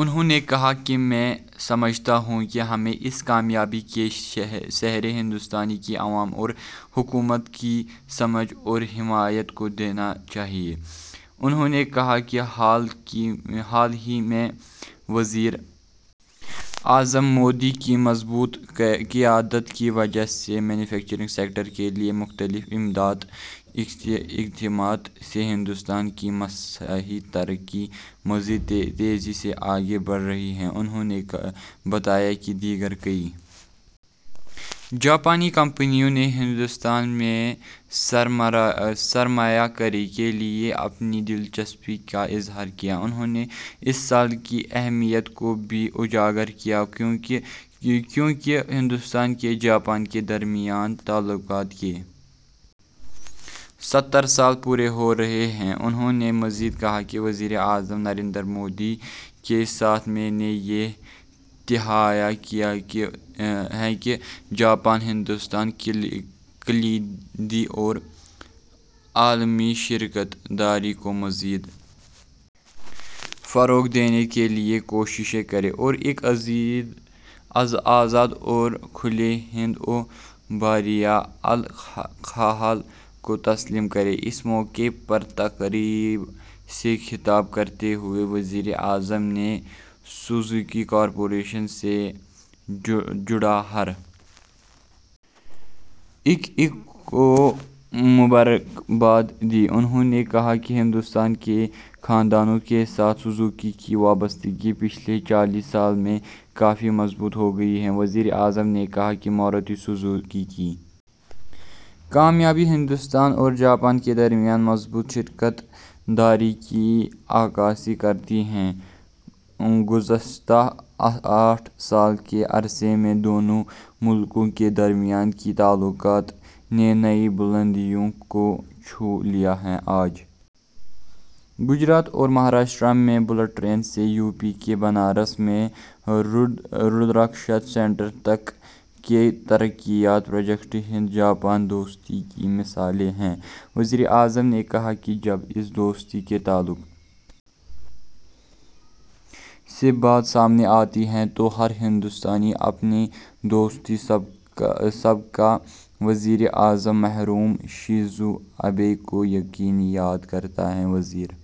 انہوں نے کہا کہ میں سمجھتا ہوں کہ ہمیں اس کامیابی کا سہرا ہندوستان کی عوام اور حکومت کی سمجھ اور حمایت کو دینا چاہیے انہوں نے کہا کہ حال ہی میں وزیر اعظم مودی کی مضبوط قیادت کی وجہ سے مینوفیکچرنگ سیکٹر کے لیے مختلف امدادی اقدامات سے ہندوستان کی معاشی ترقی مزید تیزی سے آگے بڑھ رہی ہے انہوں نے بتایا کہ دیگر کئی جاپانی کمپنیوں نے ہندوستان میں سرمایہ کاری کے لیے اپنی دلچسپی کا اظہار کیا ہے انہوں نے اس سال کی اہمیت کو بھی اجاگر کیا کیونکہ ہندوستان اور جاپان کے درمیان تعلقات کے ستر سال پورے ہو رہے ہیں انہوں نے مزید کہا کہ وزیر اعظم نریندر مودی کے ساتھ میں نے یہ تہیہ کیا ہے کہ جاپان ہندوستان کلیدی اور عالمی شراکت داری کو مزید فروغ دینے کے لیے کوششیں کریں اور ایک آزاد اور کھلے ہند بحر الکاہل کو تسلیم کریں اس موقع پر تقریب سے خطاب کرتے ہوئے وزیر اعظم نے سوزوکی کارپوریشن سے جڑے ہر ایک کو مبارکباد دی انہوں نے کہا کہ ہندوستان کے کنبوں کے ساتھ سوزوکی کی وابستگی پچھلے چالیس سال میں کافی مضبوط ہو گئی ہے وزیر اعظم نے کہا کہ ماروتی سوزوکی کی کامیابی ہندوستان اور جاپان کے درمیان مضبوط شراکت داری کی عکاسی کرتی ہے گزشتہ آٹھ سال کے عرصے میں دونوں ملکوں کے درمیان ان تعلقات نے نئی بلندیوں کو چھو لیا ہے آج گجرات اور مہاراشٹر میں بلٹ ٹرین سے یوپی کے بنارس میں رودراکش سینٹر تک کئی ترقیاتی پروجیکٹ ہند جاپان دوستی کی مثالیں ہیں وزیر اعظم نے کہا کہ جب اس دوستی کے تعلق سے بات سامنے آتی ہے تو ہر ہندوستانی اپنے دوست سابق وزیر اعظم آنجہانی شنزو آبے کو یقینی طور پر یاد کرتا ہے وزیر